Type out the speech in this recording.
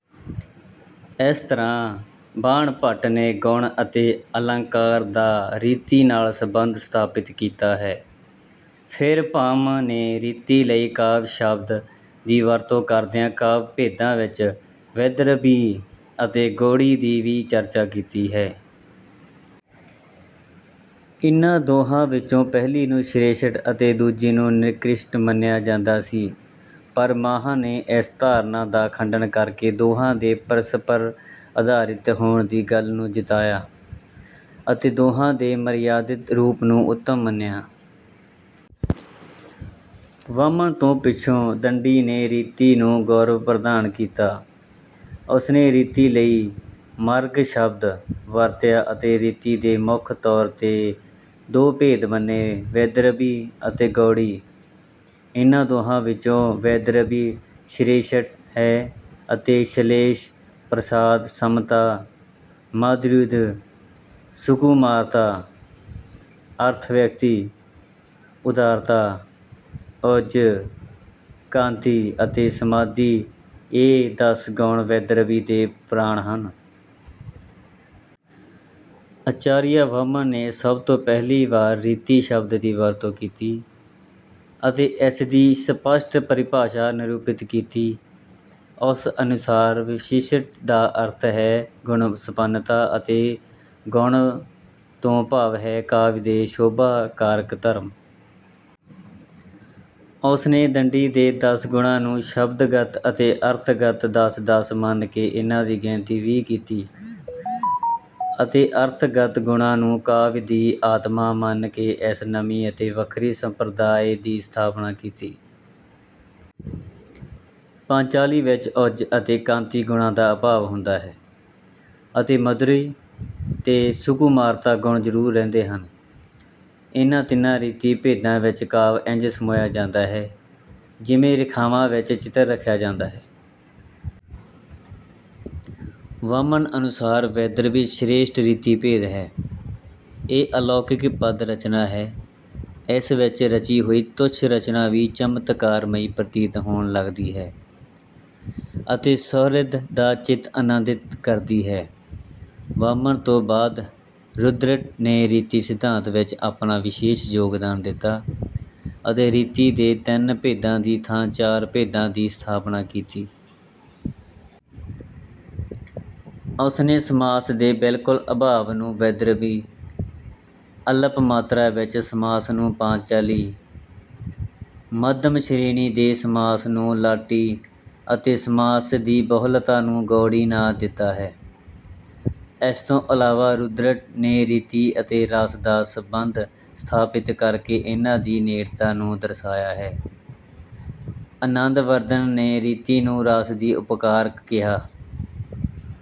ਇਸ ਤਰ੍ਹਾਂ ਬਾਣਭੱਟ ਨੇ ਗੁਣ ਅਤੇ ਅਲੰਕਾਰ ਦਾ ਰੀਤੀ ਨਾਲ ਸਬੰਧ ਸਥਾਪਿਤ ਕੀਤਾ ਹੈ। ਫਿਰ ਭਾਮਹ ਨੇ ਰੀਤੀ ਲਈ ਕਾਵਿ ਸ਼ਬਦ ਦੀ ਵਰਤੋਂ ਕਰਦਿਆਂ ਕਾਵਿ ਭੇਦਾਂ ਵਿੱਚ ਵੈਦਰਭੀ ਅਤੇ ਗੌੜੀ ਦੀ ਵੀ ਚਰਚਾ ਕੀਤੀ ਹੈ। ਇਨ੍ਹਾਂ ਦੋਹਾਂ ਵਿੱਚੋਂ ਪਹਿਲੀ ਨੂੰ ਸ੍ਰੇਸ਼ਟ ਅਤੇ ਦੂਜੀ ਨੂੰ ਨਿਕ੍ਰਿਸ਼ਟ ਮੰਨਿਆ ਜਾਂਦਾ ਸੀ, ਪਰ ਭਾਮਹ ਨੇ ਇਸ ਧਾਰਨਾ ਦਾ ਖੰਡਨ ਕਰਕੇ ਦੋਹਾਂ ਦੇ ਪਰਸਪਰ ਅਧਾਰਿਤ ਹੋਣ ਦੀ ਗੱਲ ਨੂੰ ਜਤਾਇਆ ਅਤੇ ਦੋਹਾਂ ਦੇ ਮਰਯਾਦਿਤ ਰੂਪ ਨੂੰ ਉੱਤਮ ਮੰਨਿਆ। ਵਾਮਨ ਤੋਂ ਪਿੱਛੋਂ ਦੰਡੀ ਨੇ ਰੀਤੀ ਨੂੰ ਗੌਰਵ ਪ੍ਰਦਾਨ ਕੀਤਾ। ਉਸਨੇ ਰੀਤੀ ਲਈ 'ਮਾਰਗ' ਸ਼ਬਦ ਵਰਤਿਆ ਅਤੇ ਰੀਤੀ ਦੇ ਮੁੱਖ ਤੌਰ 'ਤੇ ਦੋ ਭੇਦ ਮੰਨੇ - ਵੈਦਰਭੀ ਅਤੇ ਗੌੜੀ। ਇਨ੍ਹਾਂ ਦੋਹਾਂ ਵਿੱਚੋਂ ਵੈਦਰਭੀ ਸ੍ਰੇਸ਼ਠ ਹੈ ਅਤੇ ਸ਼ਲੇਸ਼, ਪ੍ਰਸਾਦ, ਸਮਤਾ, ਮਾਧੁਰਯ, ਸੁਕੁਮਾਰਤਾ, ਅਰਥ-ਵਿਅਕਤੀ, ਉਦਾਰਤਾ, ਓਜ, ਕਾਂਤੀ ਅਤੇ ਸਮਾਧੀ ਇਹ ਦਸ ਗੁਣ ਵੈਦਰਭੀ ਦੇ ਪ੍ਰਾਣ ਹਨ। ਆਚਾਰੀਆ ਵਾਮਨ ਨੇ ਸਭ ਤੋਂ ਪਹਿਲੀ ਵਾਰ ਰੀਤੀ ਸ਼ਬਦ ਦੀ ਵਰਤੋਂ ਕੀਤੀ ਅਤੇ ਇਸ ਦੀ ਸਪੱਸ਼ਟ ਪਰਿਭਾਸ਼ਾ ਨਿਰੂਪਿਤ ਕੀਤੀ। ਉਸ ਅਨੁਸਾਰ ਵਿਸ਼ਿਸ਼ਟ ਦਾ ਅਰਥ ਹੈ ਗੁਣ-ਸੰਪੰਨਤਾ ਅਤੇ ਗੁਣ ਤੋਂ ਭਾਵ ਹੈ ਕਾਵਿ ਦੇ ਸ਼ੋਭਾ-ਕਾਰਕ ਧਰਮ। ਉਸਨੇ ਦੰਡੀ ਦੇ ਦਸ ਗੁਣਾਂ ਨੂੰ ਸ਼ਬਦਗਤ ਅਤੇ ਅਰਥਗਤ ਦਸ-ਦਸ ਮੰਨ ਕੇ ਇਨ੍ਹਾਂ ਦੀ ਗਿਣਤੀ ਵੀਹ ਕੀਤੀ ਅਤੇ ਅਰਥਗਤ ਗੁਣਾਂ ਨੂੰ ਕਾਵਿ ਦੀ ਆਤਮਾ ਮੰਨ ਕੇ ਇਸ ਨਵੀਂ ਅਤੇ ਵੱਖਰੀ ਸੰਪ੍ਰਦਾਇ ਦੀ ਸਥਾਪਨਾ ਕੀਤੀ। ਪਾਂਚਾਲੀ ਵਿੱਚ ਓਜ ਅਤੇ ਕਾਂਤੀ ਗੁਣਾਂ ਦਾ ਅਭਾਵ ਹੁੰਦਾ ਹੈ ਅਤੇ ਮਾਧੁਰਯ ਤੇ ਸੁਕੁਮਾਰਤਾ ਗੁਣ ਜ਼ਰੂਰ ਰਹਿੰਦੇ ਹਨ। ਇਨ੍ਹਾਂ ਤਿੰਨਾਂ ਰੀਤੀ ਭੇਦਾਂ ਵਿੱਚ ਕਾਵਿ ਇੰਜ ਸਮੋਇਆ ਜਾਂਦਾ ਹੈ ਜਿਵੇਂ ਰੇਖਾਵਾਂ ਵਿੱਚ ਚਿੱਤਰ ਰੱਖਿਆ ਜਾਂਦਾ ਹੈ। ਵਾਮਨ ਅਨੁਸਾਰ ਵੈਦਰਭੀ ਸ੍ਰੇਸ਼ਟ ਰੀਤੀ ਭੇਦ ਹੈ। ਇਹ ਅਲੌਕਿਕ ਪਦ-ਰਚਨਾ ਹੈ। ਇਸ ਵਿੱਚ ਰਚੀ ਹੋਈ ਤੁੱਛ ਰਚਨਾ ਵੀ ਚਮਤਕਾਰਮਈ ਪ੍ਰਤੀਤ ਹੋਣ ਲੱਗਦੀ ਹੈ ਅਤੇ ਸੁਹਿਰਦ ਦਾ ਚਿੱਤ ਆਨੰਦਿਤ ਕਰਦੀ ਹੈ। ਵਾਮਨ ਤੋਂ ਬਾਅਦ ਰੁਦ੍ਰਟ ਨੇ ਰੀਤੀ ਸਿਧਾਂਤ ਵਿੱਚ ਆਪਣਾ ਵਿਸ਼ੇਸ਼ ਯੋਗਦਾਨ ਦਿੱਤਾ ਅਤੇ ਰੀਤੀ ਦੇ ਤਿੰਨ ਭੇਦਾਂ ਦੀ ਥਾਂ ਚਾਰ ਭੇਦਾਂ ਦੀ ਸਥਾਪਨਾ ਕੀਤੀ। ਉਸਨੇ ਸਮਾਸ ਦੇ ਬਿਲਕੁਲ ਅਭਾਵ ਨੂੰ ਵੈਦਰਭੀ, ਅਲਪ ਮਾਤਰਾ ਵਿੱਚ ਸਮਾਸ ਨੂੰ ਪਾਂਚਾਲੀ, ਮੱਧਮ ਸ਼੍ਰੇਣੀ ਦੇ ਸਮਾਸ ਨੂੰ ਲਾਟੀ ਅਤੇ ਸਮਾਸ ਦੀ ਬਹੁਲਤਾ ਨੂੰ ਗੌੜੀ ਨਾਂ ਦਿੱਤਾ ਹੈ। ਇਸ ਤੋਂ ਇਲਾਵਾ ਰੁਦ੍ਰਟ ਨੇ ਰੀਤੀ ਅਤੇ ਰਸ ਦਾ ਸਬੰਧ ਸਥਾਪਿਤ ਕਰਕੇ ਇਨ੍ਹਾਂ ਦੀ ਨੇੜਤਾ ਨੂੰ ਦਰਸਾਇਆ ਹੈ। ਆਨੰਦਵਰਧਨ ਨੇ ਰੀਤੀ ਨੂੰ ਰਸ ਦੀ ਉਪਕਾਰਕ ਕਿਹਾ।